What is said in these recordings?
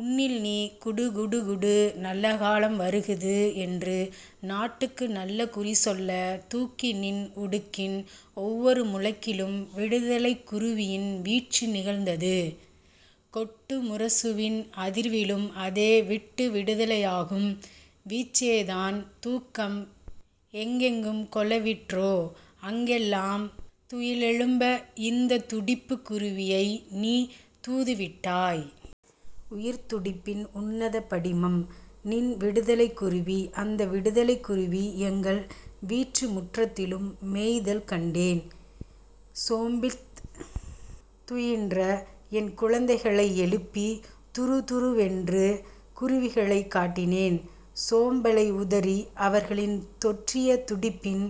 உன்னில் நீ குடு குடு குடு நல்லகாலம் வருகுது என்று நாட்டுக்கு நல்ல குறி சொல்ல தூக்கிய நின் உடுக்கின் ஒவ்வொரு முழக்கிலும் விடுதலைக் குருவியின் வீச்சு நிகழ்ந்தது. கொட்டு முரசுவின் அதிர்விலும் அதே விட்டு விடுதலையாகும் வீச்சேதான். தூக்கம் எங்கெங்கு கௌவிற்றோ அங்கெல்லாம் துயிலெழுப்ப இந்தத் துடிப்புக் குருவியை நீ தூதுவிட்டாய். உயிர்த்துடிப்பின் உன்னதபடிமம் நின் விடுதலைக்குருவி. அந்த விடுதலைக்குருவி எங்கள் வீட்டுமுற்றத்திலும் மேய்தல் கண்டேன். சோம்பித் துயின்ற என்குழந்தைகளை எழுப்பி துரு துரு வென்ற குருவியைக் காட்டினேன். சோம்பலை உதறிய அவர்களில் தொற்றிய துடிப்பின்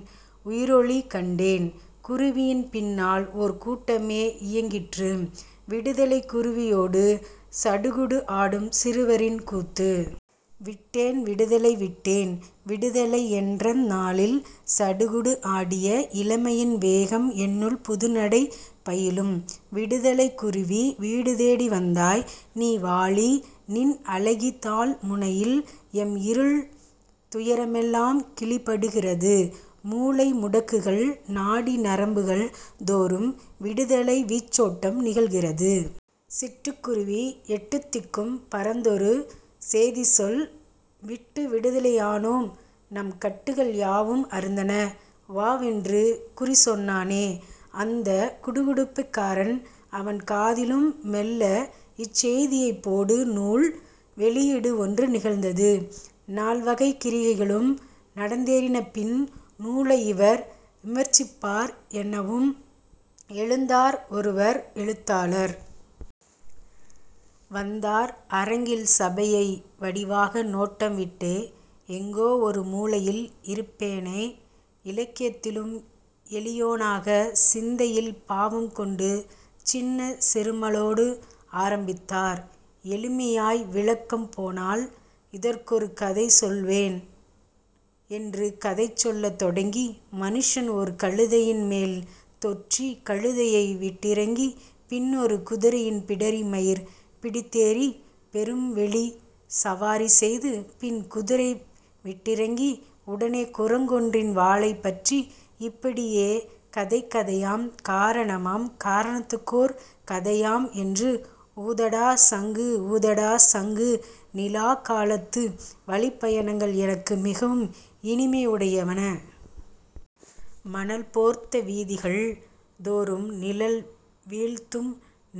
உயிரொளி கண்டேன். குருவியின் பின்னால் ஓர் கூட்டமே இயங்கிற்று. விடுதலைக் குருவியோடு சடுகுடு ஆடும் சிறுவரின் கூத்து. விட்டேன் விடுதலை விட்டேன் விடுதலை என்றந் நாளில் சடுகுடு ஆடிய இளமையின் வேகம் என்னுள் புதுநடை பயிலும். விடுதலைக் குருவி வீடுதேடி வந்தாய் நீ வாழி நின் அலகிதழ் முனையில் எம் இருள் துயரெல்லாம் கிழிபடுகிறது. மூலை முடக்குகள், நாடி நரம்புகள் தோறும் விடுதலை வீச்சோட்டம் நிகழ்கிறது. சிட்டுக்குருவி எட்டுத்திக்கும் பறந்தொரு சேதிசொல் விட்டு விடுதலையானோம் நம் கட்டுகள் யாவும் அறுந்தன வாமென்று. குறி சொன்னானே அந்தக் குடுகுடுப்பைக் காரன் அவன் காதிலும் மெல்ல இச் சேதியைப் போடு நூல் வெளியீடு ஒன்று நிகழ்ந்தது. நால் வகைக் கிரியைகளும் நடந்தேறியபின் நூலை இவர் விமர்சிப்பார் என்னவும் எழுந்தார் ஒருவர் எழுத்தாளர். வந்தார் அரங்கில் சபையை வடிவாக நோட்டம் விட்டே எங்கோ ஒரு மூலையில் இருப்போனை இலக்கியத்தில் எளியோனாகச் சிந்தையில் பாவம் கொண்டு சின்னச் செருமலோடு ஆரம்பித்தார். எளிமையாய் விளக்கப் போனால் இதற்கொரு கதை சொல்வேன் என்று கதை சொல்லத் தொடங்கி மனுஷன் ஓர் கழுதையின் மேலே தொற்றி கழுதையை விட்டிறங்கிப் பின்னொரு குதிரையின் பிடரி மயிர் பிடித்தேறியப் பெருவெளிச் சவாரி செய்து பின் குதிரை விட்டிறங்கி உடனே குரங் கொன்றின் வாலைப் பற்றி இப்படியே கதை கதையாம் காரணமாம் காரணத்துக்கோர் கதையாம் என்று ஊதடா சங்கு ஊதடா சங்கு நிலாக் காலத்து வழிப்பயணங்கள் எனக்கு மிகவும் இனிமையுடையன. மணல் போர்த்த வீதிகள் தோறும் நிழல் வீழ்த்தும்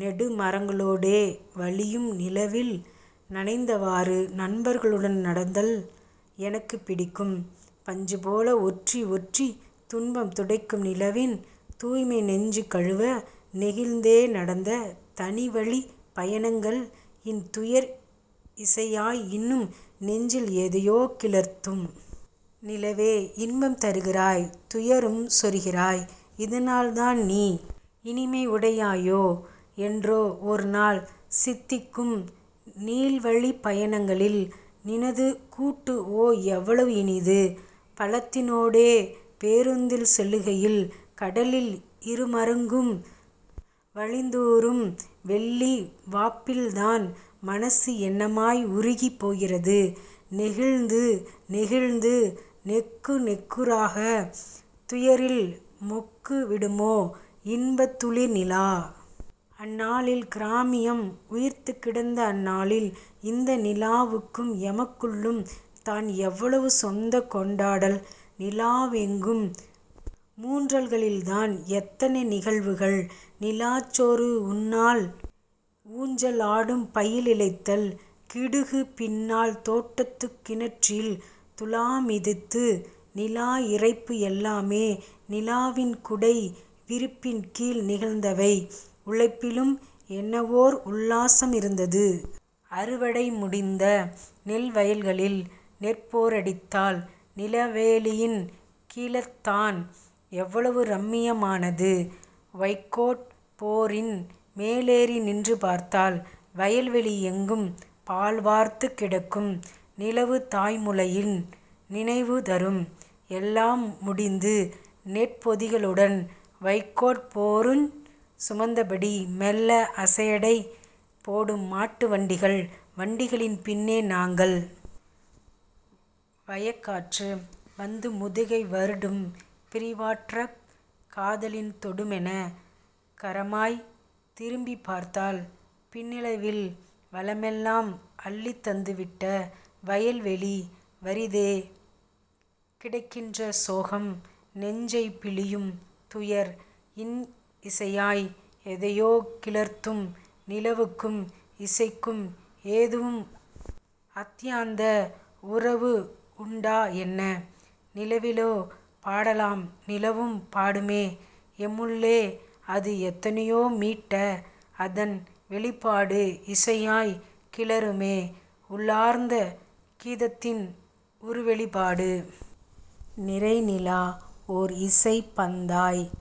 நெடு மரங்களூடே வழியும் நிலவில் நனைந்தவாறு நண்பர்களுடன் நடத்தல் எனக்குப் பிடிக்கும். பஞ்சுபோல ஒற்றி ஒற்றித் துன்பம் துடைக்கும் நிலவின் தூய்மை நெஞ்சு கழுவ நெகிழ்ந்தே நடந்த தனிவழிப் பயணங்கள் இன் துயர் இசையாய் இன்னும் நெஞ்சில் எதையோ கிளர்த்தும். நிலவே இன்பம் தருகிறாய் துயரும் சொரிகிறாய் இதனால்தான் நீ இனிமையுடையாயோ? என்றோ ஒருநாள் சித்திக்கும் நீள்வழிப் பயணங்களில் நினது கூட்டு ஓ எவ்வளவு இனிது. பாலத்தினூடே பேருந்தில் செல்லுகையில் கடலில் இருமருங்கும் வழிந்தூரும் வெள்ளி வாப்பில்தான் மனசு என்னமாய் உருகிப் போகிறது. நெகிழ்ந்து நெகிழ்ந்து நெக்கு நெக்குருக துயரில் மொக்கு விடுமே இன்பத் துளிர் நிலா. அந்நாளில் கிராமியம் உயிர்த்துக் கிடந்த அந்நாளில் இந்த நிலவுக்கும் எமக்குள்ளும் தான் எவ்வளவு சொந்தம் கொண்டாடல் நிலாவொழுகும் முன்றல்களில்தான் எத்தனை நிகழ்வுகள். நிலாச்சோறு உண்ணல் நிலா ஊஞ்சல் ஆடல் பாயிழைத்தல் கிடுகு பின்னல் தோட்டத்துக் கிணற்றில் துலாமிதித்து நிலா இறைப்பு எல்லாமே நிலவின் குடை விரிப்பின்கீழ் நிகழ்ந்தவை உழைப்பிலும் என்னவோர் உல்லாசம் இருந்தது. அறுவடை முடிந்த நெல்வயல்களில் நெற்போரடித்தல் நிலவொளியின் கீழ்த்தான் எவ்வளவு ரம்மியமானது. வைக்கோற் போரின் மேலேறி நின்று பார்த்தால் வயல்வெளி எங்கும் பால்வார்த்துக் கிடக்கும் நிலவு தாய்முலையின் நினைவு தரும். எல்லாம் முடிந்து நெற்பொதிகளுடன் வைக்கோற் போருஞ் சுமந்தபடி மெல்ல அசைடை போடும் மாட்டு வண்டிகள் வண்டிகளின் பின்னே நாங்கள். வயற்காற்று வந்து முதுகை வருடும் பிரிவாற்றாக் காதலியின் தொடுமென் கரமாய். திரும்பிப் பார்த்தால் பின்னிலவில் வளமெல்லாம் அள்ளித் தந்துவிட்ட வயல்வெளி வறிதே கிடக்கின்ற சோகம் நெஞ்சைப் பிழியும் துயர்-இன் இசையாய் எதையோ கிளர்த்தும். நிலவுக்கும் இசைக்கும் ஏதும் அத்யந்த உறவு உண்டா என்ன? நிலவிலே பாடலாம் நிலவும் பாடுமே எம்முள்ளே அது எதனையோ மீட்ட அதன் வெளிப்பாடு இசையாய்க் கிளருமே உள்ளார்ந்த கீதத்தின் உருவெளிப்பாடு. நிறைநிலா ஓர் இசைப் பந்தாய்த்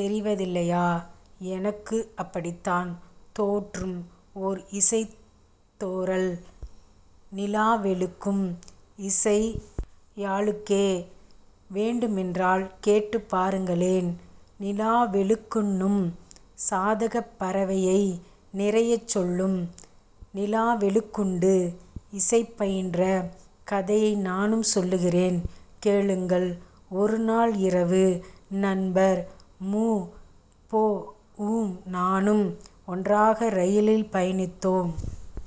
தெரிவதில்லையா? எனக்கு அப்படித்தான் தோற்றும் ஓர் இசைத்தேறல் நிலவொழுக்கும் இசையழுக்கே. வேண்டுமென்றால் கேட்டுப் பாருங்களேன் நிலவொழுக்குண்ணும் சாதகப் பறவையை நிறையச் சொல்லும். நிலவொழுக்குண்டு இசைபயின்ற கதையை நானும் சொல்கிறேன் கேளுங்கள். ஒருநாள் இரவு நண்பர் மு. பொ. வும் நானும் ஒன்றாக ரயிலில் பயணித்தோம்.